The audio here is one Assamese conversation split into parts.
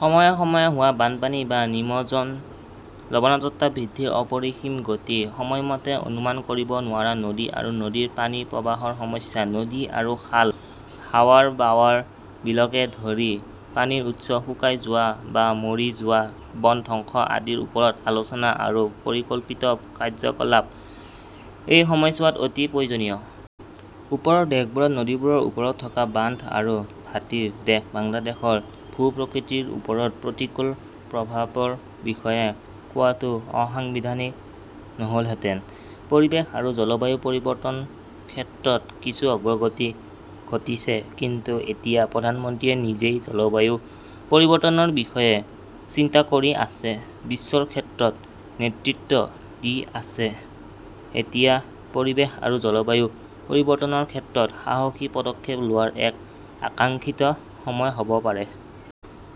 সময়ে সময়ে হোৱা বানপানী বা নিমজ্জন, লবণাক্ততা বৃদ্ধিৰ অপৰিসীম গতি, সময়মতে অনুমান কৰিব নোৱাৰা নদী আৰু নদীৰ পানীৰ প্ৰৱাহৰ সমস্যা, নদী আৰু খাল, হাৱাৰ-বাৱাৰ, বিলকে ধৰি পানীৰ উৎস শুকাই যোৱা বা মৰি যোৱা, বন ধ্বংস আদিৰ ওপৰত আলোচনা আৰু পৰিকল্পিত কাৰ্যকলাপ এই সময়ছোৱাত অতি প্ৰয়োজনীয়। ওপৰৰ দেশবোৰত নদীবোৰৰ ওপৰত থকা বান্ধ আৰু ভাটিৰ দেশ বাংলাদেশৰ ভূ-প্ৰকৃতিৰ ওপৰত প্ৰতিকূল প্ৰভাৱৰ বিষয়ে কোৱাটো অসাংবিধানিক নহ'লহেঁতেন। পৰিৱেশ আৰু জলবায়ু পৰিৱৰ্তন ক্ষেত্ৰত কিছু অগ্ৰগতি ঘটিছে কিন্তু যেতিয়া প্ৰধানমন্ত্ৰীয়ে নিজেই জলবায়ু পৰিৱৰ্তনৰ বিষয়ে চিন্তা কৰি আছে, বিশ্বৰ ক্ষেত্ৰত নেতৃত্ব দি আছে তেতিয়া পৰিৱেশ আৰু জলবায়ু পৰিৱৰ্তনৰ ক্ষেত্ৰত সাহসী পদক্ষেপ লোৱাৰ এক আকাংক্ষিত সময় হ'ব পাৰে।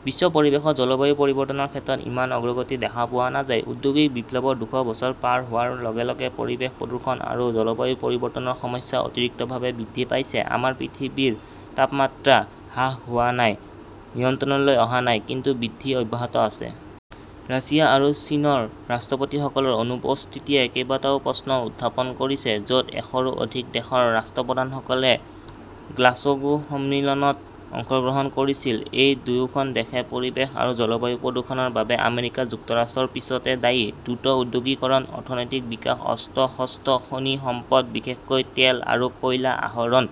বিশ্ব পৰিৱেশত জলবায়ু পৰিৱৰ্তনৰ ক্ষেত্ৰত ইমান অগ্ৰগতি দেখা পোৱা নাযায়। ঔদ্যোগিক বিপ্লৱৰ দুশ বছৰ পাৰ হোৱাৰ লগে লগে পৰিৱেশ প্ৰদূষণ আৰু জলবায়ু পৰিৱৰ্তনৰ সমস্যা অতিৰিক্তভাৱে বৃদ্ধি পাইছে। আমাৰ পৃথিৱীৰ তাপমাত্ৰা হ্ৰাস হোৱা নাই, নিয়ন্ত্ৰণলৈ অহা নাই, কিন্তু বৃদ্ধি অব্যাহত আছে। ৰাছিয়া আৰু চীনৰ ৰাষ্ট্ৰপতিসকলৰ অনুপস্থিতিয়ে কেইবাটাও প্ৰশ্ন উত্থাপন কৰিছে, য'ত এশৰো অধিক দেশৰ ৰাষ্ট্ৰপ্ৰধানসকলে গ্লাছগো সন্মিলনত অংশগ্ৰহণ কৰিছে। এই দুয়োখন দেশ পৰিৱেশ আৰু জলবায়ু প্ৰদূষণৰ বাবে আমেৰিকা যুক্তৰাষ্ট্ৰৰ পিছতে দায়ী। দ্ৰুত ঔদ্যোগিকৰণ, অৰ্থনৈতিক বিকাশ, অস্ত্ৰ-শস্ত্ৰ, খনি সম্পদ, বিশেষকৈ তেল আৰু কয়লা আহৰণ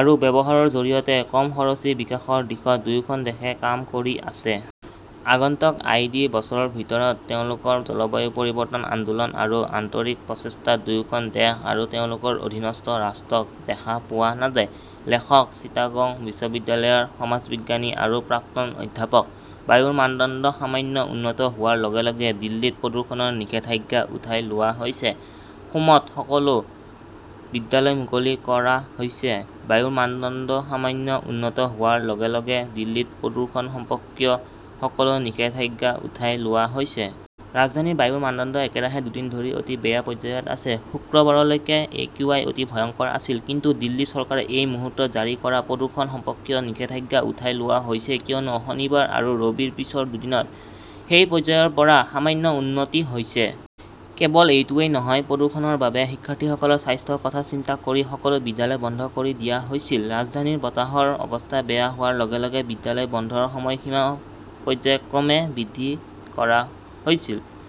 আৰু ব্যৱহাৰৰ জৰিয়তে কম খৰচী বিকাশৰ দিশত দুয়োখন দেশে কাম কৰি আছে। আগন্তুক আই. ডি. বছৰৰ ভিতৰত তেওঁলোকৰ জলবায়ু পৰিৱৰ্তন আন্দোলন আৰু আন্তৰিক প্ৰচেষ্টাত দুয়োখন দেশ আৰু তেওঁলোকৰ অধীনস্থ ৰাষ্ট্ৰক দেখা পোৱা নাযায়। লেখকঃ চিটাগং বিশ্ববিদ্যালয়ৰ সমাজবিজ্ঞানী আৰু প্ৰাক্তন অধ্যাপক। বায়ুৰ মানদণ্ড সামান্য উন্নত হোৱাৰ লগে লগে দিল্লীত প্ৰদূষণৰ নিষেধাজ্ঞা উঠাই লোৱা হৈছে, সোমত সকলো বিদ্যালয় মুকলি কৰা হৈছে বায়ুৰ মানদণ্ড সামান্য উন্নত হোৱাৰ লগে লগে দিল্লীত প্ৰদূষণ সম্পৰ্কীয় সকলো নিষেধাজ্ঞা উঠাই লোৱা হৈছে। ৰাজধানীৰ বায়ুৰ মানদণ্ড একেৰাহে দুদিন ধৰি অতি বেয়া পৰ্যায়ত আছে। শুক্ৰবাৰলৈকে একিউআই অতি ভয়ংকৰ আছিল। কিন্তু দিল্লী চৰকাৰে এই মুহূৰ্তত জাৰি কৰা প্ৰদূষণ সম্পৰ্কীয় নিষেধাজ্ঞা উঠাই লোৱা হৈছে কিয়নো শনিবাৰ আৰু ৰবিৰ পিছৰ দুদিনত সেই পৰ্যায়ৰ পৰা সামান্য উন্নতি হৈছে। কেৱল এইটোৱেই নহয়, প্ৰদূষণৰ বাবে শিক্ষাৰ্থীসকলৰ স্বাস্থ্যৰ কথা চিন্তা কৰি সকলো বিদ্যালয় বন্ধ কৰি দিয়া হৈছিল। ৰাজধানীৰ বতাহৰ অৱস্থা বেয়া হোৱাৰ লগে লগে বিদ্যালয় বন্ধৰ সময়সীমা পৰ্য্যায়ক্ৰমে বৃদ্ধি কৰা হৈছিল।